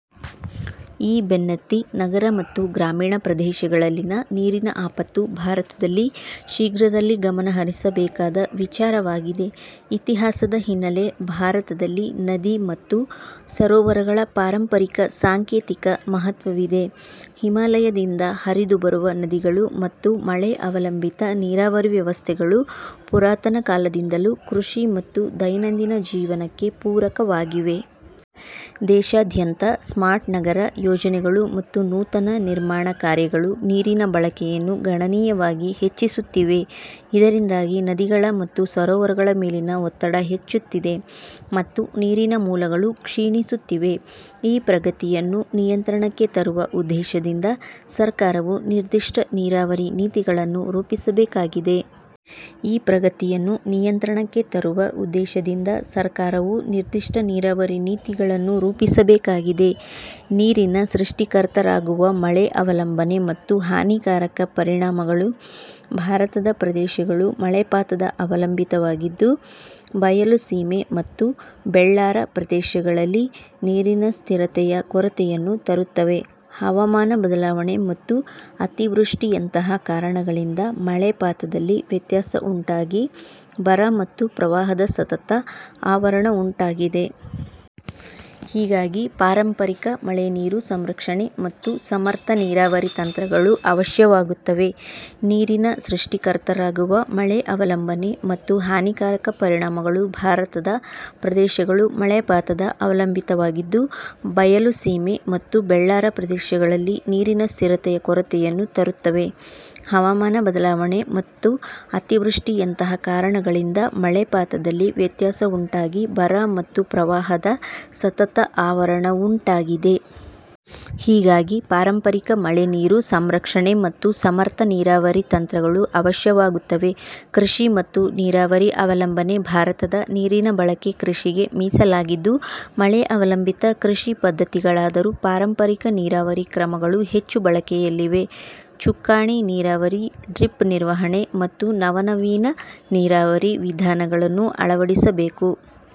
ಈ ಬೆನ್ನತ್ತಿ, ನಗರ ಮತ್ತು ಗ್ರಾಮೀಣ ಪ್ರದೇಶಗಳಲ್ಲಿನ ನೀರಿನ ಆಪತ್ತು ಭಾರತದಲ್ಲಿ ಶೀಘ್ರದಲ್ಲಿ ಗಮನಹರಿಸಬೇಕಾದ ವಿಚಾರವಾಗಿದೆ. ಇತಿಹಾಸದ ಹಿನ್ನಲೆ ಭಾರತದಲ್ಲಿ ನದಿ ಮತ್ತು ಸರೋವರಗಳ ಪಾರಂಪರಿಕ ಸಾಂಕೇತಿಕ ಮಹತ್ವವಿದೆ. ಹಿಮಾಲಯದಿಂದ ಹರಿದು ಬರುವ ನದಿಗಳು ಮತ್ತು ಮಳೆ ಅವಲಂಬಿತ ನೀರಾವರಿ ವ್ಯವಸ್ಥೆಗಳು ಪುರಾತನ ಕಾಲದಿಂದಲೂ ಕೃಷಿ ಮತ್ತು ದೈನಂದಿನ ಜೀವನಕ್ಕೆ ಪೂರಕವಾಗಿವೆ. ದೇಶಾದ್ಯಂತ ಸ್ಮಾರ್ಟ್ ನಗರ ಯೋಜನೆಗಳು ಮತ್ತು ನೂತನ ನಿರ್ಮಾಣ ಕಾರ್ಯಗಳು ನೀರಿನ ಬಳಕೆಯನ್ನು ಗಣನೀಯವಾಗಿ ಹೆಚ್ಚಿಸುತ್ತಿವೆ. ಇದರಿಂದಾಗಿ ನದಿಗಳ ಮತ್ತು ಸರೋವರಗಳ ಮೇಲಿನ ಒತ್ತಡ ಹೆಚ್ಚುತ್ತಿದೆ, ಮತ್ತು ನೀರಿನ ಮೂಲಗಳು ಕ್ಷೀಣಿಸುತ್ತಿವೆ. ಈ ಪ್ರಗತಿಯನ್ನು ನಿಯಂತ್ರಣಕ್ಕೆ ತರುವ ಉದ್ದೇಶದಿಂದ ಸರಕಾರವು ನಿರ್ದಿಷ್ಟ ನೀರಾವರಿ ನೀತಿಗಳನ್ನು ರೂಪಿಸಬೇಕಾಗಿದೆ. ಈ ಪ್ರಗತಿಯನ್ನು ನಿಯಂತ್ರಣಕ್ಕೆ ತರುವ ಉದ್ದೇಶದಿಂದ ಸರಕಾರವು ನಿರ್ದಿಷ್ಟ ನೀರಾವರಿ ನೀತಿಗಳನ್ನು ರೂಪಿಸಬೇಕಾಗಿದೆ. ನೀರಿನ ಸೃಷ್ಟಿಕರ್ತರಾಗುವ ಮಳೆ ಅವಲಂಬನೆ ಮತ್ತು ಹಾನಿಕಾರಕ ಪರಿಣಾಮಗಳು ಭಾರತದ ಪ್ರದೇಶಗಳು ಮಳೆಪಾತದ ಅವಲಂಬಿತವಾಗಿದ್ದು, ಬಾಯಲುಸೀಮೆ ಮತ್ತು ಬೆಳ್ಳಾರ ಪ್ರದೇಶಗಳಲ್ಲಿ ನೀರಿನ ಸ್ಥಿರತೆಯ ಕೊರತೆಯನ್ನು ತರುತ್ತವೆ. ಹವಾಮಾನ ಬದಲಾವಣೆ ಮತ್ತು ಅತಿವೃಷ್ಟಿಯಂತಹ ಕಾರಣಗಳಿಂದ ಮಳೆಪಾತದಲ್ಲಿ ವ್ಯತ್ಯಾಸ ಉಂಟಾಗಿ ಬರ ಮತ್ತು ಪ್ರವಾಹದ ಸತತ ಆವರಣವುಂಟಾಗಿದೆ. ಹೀಗಾಗಿ, ಪಾರಂಪರಿಕ ಮಳೆನೀರು ಸಂರಕ್ಷಣೆ ಮತ್ತು ಸಮರ್ಥ ನೀರಾವರಿ ತಂತ್ರಗಳು ಅವಶ್ಯವಾಗುತ್ತವೆ. ನೀರಿನ ಸೃಷ್ಟಿಕರ್ತರಾಗುವ ಮಳೆ ಅವಲಂಬನೆ ಮತ್ತು ಹಾನಿಕಾರಕ ಪರಿಣಾಮಗಳು ಭಾರತದ ಪ್ರದೇಶಗಳು ಮಳೆಪಾತದ ಅವಲಂಬಿತವಾಗಿದ್ದು, ಬಾಯಲುಸೀಮೆ ಮತ್ತು ಬೆಳ್ಳಾರ ಪ್ರದೇಶಗಳಲ್ಲಿ ನೀರಿನ ಸ್ಥಿರತೆಯ ಕೊರತೆಯನ್ನು ತರುತ್ತವೆ. ಹವಾಮಾನ ಬದಲಾವಣೆ ಮತ್ತು ಅತಿವೃಷ್ಟಿಯಂತಹ ಕಾರಣಗಳಿಂದ ಮಳೆಪಾತದಲ್ಲಿ ವ್ಯತ್ಯಾಸ ಉಂಟಾಗಿ ಬರ ಮತ್ತು ಪ್ರವಾಹದ ಸತತ ಆವರಣವುಂಟಾಗಿದೆ. ಹೀಗಾಗಿ, ಪಾರಂಪರಿಕ ಮಳೆನೀರು ಸಂರಕ್ಷಣೆ ಮತ್ತು ಸಮರ್ಥ ನೀರಾವರಿ ತಂತ್ರಗಳು ಅವಶ್ಯವಾಗುತ್ತವೆ. ಕೃಷಿ ಮತ್ತು ನೀರಾವರಿ ಅವಲಂಬನೆ ಭಾರತದ ನೀರಿನ ಬಳಕೆ ಕೃಷಿಗೆ ಮೀಸಲಾಗಿದ್ದು, ಮಳೆ ಅವಲಂಬಿತ ಕೃಷಿ ಪದ್ಧತಿಗಳಾದರೂ ಪಾರಂಪರಿಕ ನೀರಾವರಿ ಕ್ರಮಗಳು ಹೆಚ್ಚು ಬಳಕೆಯಲ್ಲಿವೆ. ಚುಕ್ಕಾಣಿ ನೀರಾವರಿ, ಡ್ರಿಪ್ ನಿರ್ವಹಣೆ, ಮತ್ತು ನವನವೀನ ನೀರಾವರಿ ವಿಧಾನಗಳನ್ನು ಅಳವಡಿಸಬೇಕು.